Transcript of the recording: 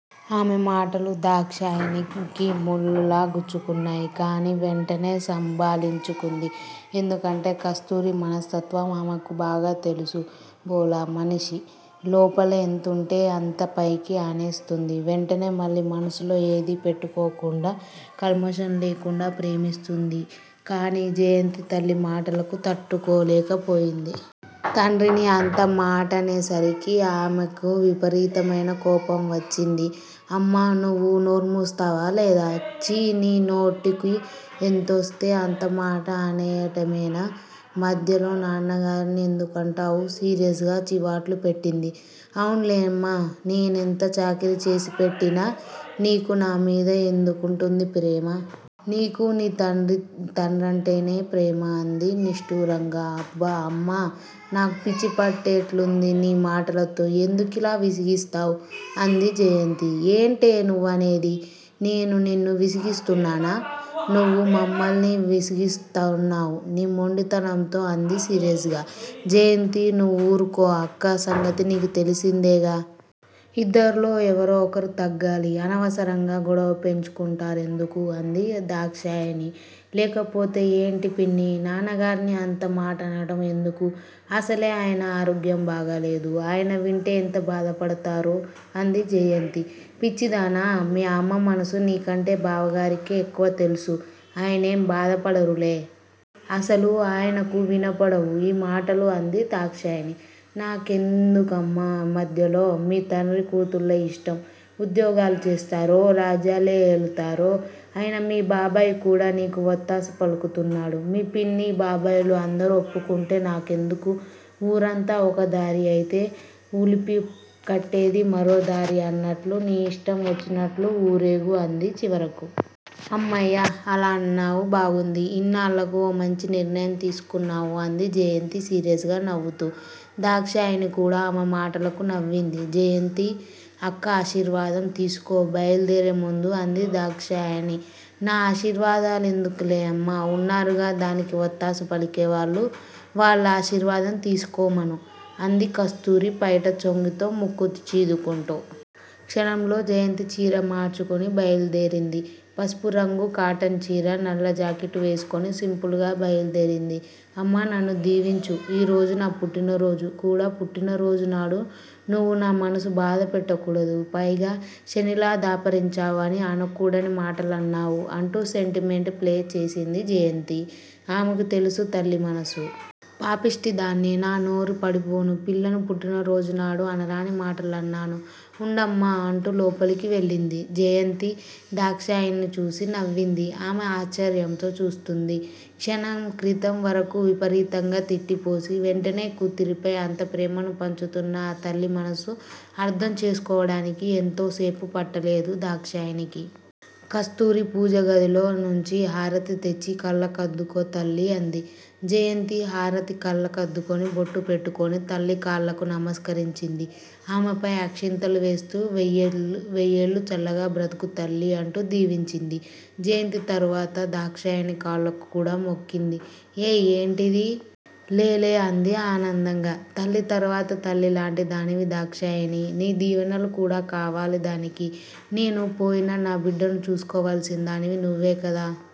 ఆమె మాటలు దాక్షాయణికి ముళ్ళులా గుచ్చుకున్నాయి. కానీ వెంటనే సంభాళించుకుంది. ఎందుకంటే కస్తూరి మనస్తత్వం ఆమెకు బాగా తెలుసు, భోళా మనిషి. లోపల ఎంతుంటే అంత పైకి అనేస్తుంది. వెంటనే మళ్ళీ మనసులో ఏది పెట్టుకోకుండా కల్మషం లేకుండా ప్రేమిస్తుంది. కానీ జయంతి తల్లి మాటలకు తట్టుకోలేకపోయింది. తండ్రిని అంత మాటనేసరికి ఆమెకు విపరీతమైన కోపం వచ్చింది. అమ్మా, నువ్వు నోరు ముస్తావా లేదా? చీ నీ నోటికి ఎంతోస్తే అంతమాట అనేయటమేనా? మధ్యలో నాన్నగారిని ఎందుకంటావు? సీరియస్ గా చివాట్లు పెట్టింది. అవున్లేమ్మా! నేనెంత చాకిరీ చేసి పెట్టినా నీకు నామీద ఎందుకుంటుంది ప్రేమ? నీకు నీ తండ్రంటేనే ప్రేమ అంది నిష్టురంగా. అబ్బా అమ్మా! నాకు పిచ్చిపట్టేట్లుంది నీ మాటలతో, ఎందుకిలా విసిగిస్తావు? అంది జయంతి. ఏంటే నువ్వనేది, నేను నిన్ను విసిగిస్తున్నానా? నువ్వు మమ్మల్ని విసిగిస్తున్నావ్ నీ మొండితనంతో అంది సీరియస్ గా. జయంతి నువ్వూరుకో అక్క సంగతి నీకు తెలిసిందేగా! ఇద్దర్లో ఎవరో ఒకరు తగ్గాలి. అనవసరంగా గొడవ పెంచుకుంటారెందుకు? అంది దాక్షాయణి. లేకపోతే ఏంటి పిన్నీ! నాన్నగార్ని అంతమాటనటం ఎందుకు? అసలే అయన ఆరోగ్యం బాగాలేదు. అయన వింటే ఎంత బాధపడతారు? అంది జయంతి. పిచ్చిదానా! మీ అమ్మమనసు నీకంటే బావగారికే ఎక్కువ తెల్సు, ఆయనేం బాధపడరులే! అసలు ఆయనకు వినపడవు ఈ మాటలు అంది దాక్షాయణి. నాకేండుకమ్మా మధ్యలో! మీ తండ్రి కూతుళ్ళ ఇష్టం, ఉద్యోగాలు చేస్తారో, రాజ్యాలేలతారో, అయినా మీ బాబాయ్ కూడా నీకు వత్తాసు పలుకుతున్నాడు, మీ పిన్ని, బాబాయ్ లు, అందరూ ఒప్పుకుంటే నాకెందుకు? ఊరంతా ఒకదారి, అయితే ఉలిపికట్టేది మరోదారి అన్నట్లు నీ ఇష్టం వచ్చినట్లు ఊరేగు అంది చివరకు. అమ్మయ్యా! అలా అన్నావు బాగుంది. ఇన్నాళ్ళకు ఓ మంచి నిర్ణయం తీసుకున్నావు అంది జయంతి సీరియస్ గా నవ్వుతూ. దాక్షాయణి కూడా ఆమె మాటలకు నవ్వింది. జయంతీ! అక్క ఆశీర్వాదం తీసుకో బయల్దేరే ముందు అంది దాక్షాయణి. నా ఆశీర్వాదాలెందుకులేమ్మా! ఉన్నారుగా దానికి వత్తాసుపలికే వాళ్ళు, వాళ్ళ ఆశీర్వాదం తిసుకోమను: అంది కస్తూరి పైట చెంగుతో ముక్కు చీదుకుంటు. క్షణంలో జయంతి చీర మార్చుకుని బయలుదేరింది. పసుపురంగు కాటన్చీర, నల్లజాకెట్ వేసుకుని సింపుల్ గా బయలుదేరింది. అమ్మా నన్ను దీవించు. ఈరోజు నా పుట్టినరోజు కూడా పుట్టిన రోజునాడు నువ్వు నా మనసు బాధపెట్టకూడదు. పైగా శనిలా దాపురించావు అని అనకూడనిమాటన్నావు అంటూ సెంటిమెంట్ ప్లే చేసింది జయంతి ఆమెకు తెలుసు తల్లి మనసు. పాపిష్టిదాన్ని, నా నోరు పడిపోనూ పిల్లను పుట్టినరోజునాడు అనరాని మాటలన్నాను, ఉండమ్మా అంటూ లోపలికి వెళ్ళింది. జయంతి దాక్షాయణిని చూసి నవ్వింది. ఆమె ఆశ్చర్యంతో చూస్తుంది. క్షణం క్రితం వరకూ విపరీతంగా తిట్టిపోసి, వెంటనే కూతురిపై అంత ప్రేమను పంచుతున్న ఆ తల్లి మనసు అర్ధం చేసుకోవటానికి ఎంతో సేపు పట్టలేదు దాక్షాయణికి. కస్తూరి పూజగదిలో నుంచి హారతి తెచ్చి కళ్ళకద్దుకో తల్లి అంది. జయంతి హారతి కళ్ళ కద్దుకుని, బొట్టుపెట్టుకుని, తల్లి కాళ్ళకు నమస్కరించింది. ఆమెపై అక్షింతలు వేస్తూ- వెయ్యేళ్ళు చల్లగా బ్రతుకు తల్లి అంటూ దీవించింది. జయంతి తరువాత దాక్షాయణి కాళ్ళకు కూడా మొక్కింది. ఏయ్ ఏంటిది? లేలే అంది ఆనందంగా. తల్లి తరువాత తల్లి లాంటిదానివి దాక్షాయణి! నీ దీవెనలు కూడా కావాలి దానికి. నేను పోయినా నా బిడ్డను చూసుకోవలసినదానివి నువ్వేకదా